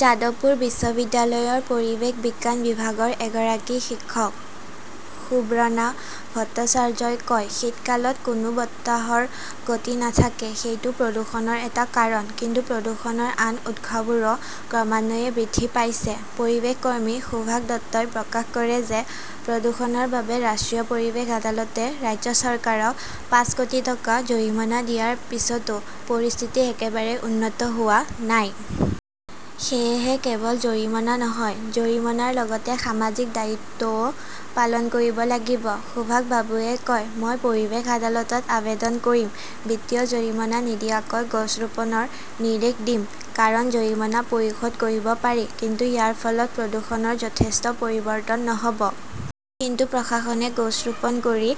যাদৱপুৰ বিশ্ববিদ্যালয়ৰ পৰিৱেশ বিজ্ঞান বিভাগৰ এগৰাকী শিক্ষক সুব্ৰণা ভট্টাচাৰ্যই কয়, "শীতকালত কোনো বতাহৰ গতি নাথাকে। সেইটো প্ৰদূষণৰ এটা কাৰণ। কিন্তু প্ৰদূষণৰ আন উৎসবোৰো ক্ৰমান্বয়ে বৃদ্ধি পাইছে"। পৰিৱেশকৰ্মী সুভাষ দত্তই প্ৰকাশ কৰে যে, প্ৰদূষণৰ বাবে ৰাষ্ট্ৰীয় পৰিৱেশ আদালতে ৰাজ্য চৰকাৰক পাঁচ কোটি টকা জৰিমনা দিয়াৰ পিছতো পৰিস্থিতি একেবাৰে উন্নত হোৱা নাই। সেয়েহে কেৱল জৰিমনা নহয়, জৰিমনাৰ লগতে সামাজিক দায়িত্বও পালন কৰিব লাগিব। সুভাষ বাবুৱে কয়, "মই পৰিৱেশ আদালতত আবেদন কৰিম, বিত্তীয় জৰিমনা নিদিয়াকৈ গছ ৰোপণৰ নিৰ্দেশ দিম। কাৰণ, জৰিমনা পৰিশোধ কৰিব পাৰি । কিন্তু ইয়াৰ ফলত প্ৰদূষণৰ যথেষ্ট পৰিৱৰ্তন নহব। কিন্তু প্ৰশাসনে গছ ৰোপণ কৰি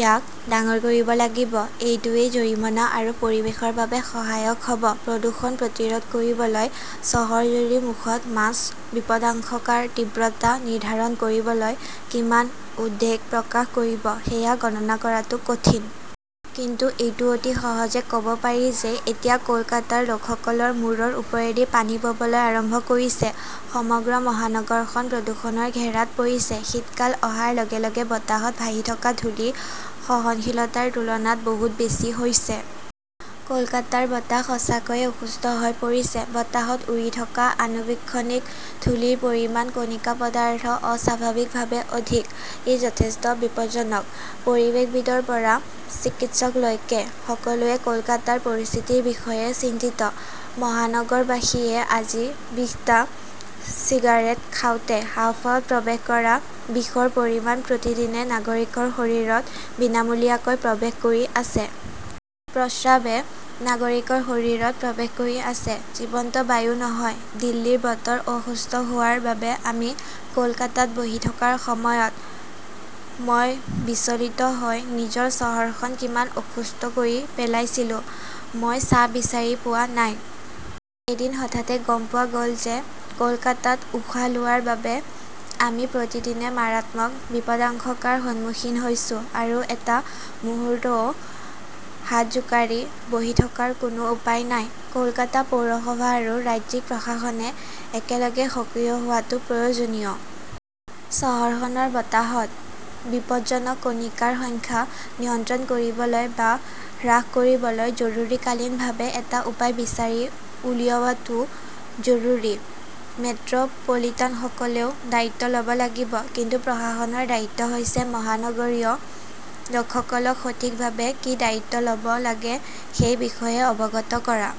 ইয়াক ডাঙৰ কৰিব লাগিব। এইটোৱেই জৰিমনা আৰু পৰিৱেশৰ বাবে সহায়ক হব"।প্ৰদূষণ প্ৰতিৰোধ কৰিবলৈ চহৰজুৰি মুখত 'মাস্ক " বিপদাশংকাৰ তীব্ৰতা নিৰ্ধাৰণ কৰিবলৈ কিমান উদ্বেগ প্ৰকাশ কৰিব সেয়া গণনা কৰাটো কঠিন। কিন্তু এইটো অতি সহজে ক'ব পাৰি যে, এতিয়া কলকাতাৰ লোকসকলৰ মূৰৰ ওপৰেদি পানী ববলৈ আৰম্ভ কৰিছে। সমগ্ৰ মহানগৰখন প্ৰদূষণৰ ঘেৰাত পৰিছে। শীতকাল অহাৰ লগে লগে বতাহত ভাহি থকা ধূলি সহনশীলতাৰ তুলনাত বহুত বেছি হৈছে। কলকাতাৰ বতাহ সঁচাকৈয়ে অসুস্থ হৈ পৰিছে। বতাহত উৰি থকা আণুবীক্ষণিক ধূলিৰ পৰিমাণ "কণিকা পদাৰ্থ" অস্বাভাৱিকভাৱে অধিক। ই যথেষ্ট বিপজ্জনক। পৰিৱেশবিদৰ পৰা চিকিৎসকলৈকে সকলোৱে কলকাতাৰ পৰিস্থিতিৰ বিষয়ে চিন্তিত। মহানগৰবাসীয়ে আজি বিশটা চিগাৰেট খাওঁতে হাঁওফাঁওত প্ৰৱেশ কৰা বিষৰ পৰিমাণ প্ৰতিদিনে নাগৰিকৰ শৰীৰত বিনামূলীয়াকৈ প্ৰৱেশ কৰি আছে। প্ৰস্ৰাৱে নাগৰিকৰ শৰীৰত প্ৰৱেশ কৰি আছে, জীৱন্ত বায়ু নহয়। দিল্লীৰ বতৰ অসুস্থ হোৱাৰ বাবে আমি কলকাতাত বহি থকাৰ সময়ত মই বিচলিত হৈ নিজৰ চহৰখন কিমান অসুস্থ কৰি পেলাইছিলো, মই চাহ বিচাৰি পোৱা নাই। এদিন হঠাতে গম পোৱা গ'ল যে, কলকাতাত উশাহ লোৱাৰ বাবে আমি প্ৰতিদিনে মাৰাত্মক বিপদাশংকাৰ সন্মুখীন হৈছো আৰু এটা মুহূৰ্তও হাত জোকাৰি বহি থকাৰ কোনো উপায় নাই। কলকাতা পৌৰসভা আৰু ৰাজ্যিক প্ৰশাসনে একেলগে সক্ৰিয় হোৱাটো প্ৰয়োজনীয়। চহৰখনৰ বতাহত বিপদজনক কণিকাৰ সংখ্যা নিয়ন্ত্ৰণ কৰিবলৈ বা হ্ৰাস কৰিবলৈ জৰুৰীকালীনভাৱে এটা উপায় বিচাৰি উলিওৱাটো জৰুৰী। মেট্ৰ 'পলিটানসকলেও দায়িত্ব ল' ব লাগিব। কিন্তু প্ৰশাসনৰ দায়িত্ব হৈছে মহানগৰীয় লোকসকলক সঠিকভাৱে কি দায়িত্ব ল'ব লাগে সেই বিষয়ে অৱগত কৰা।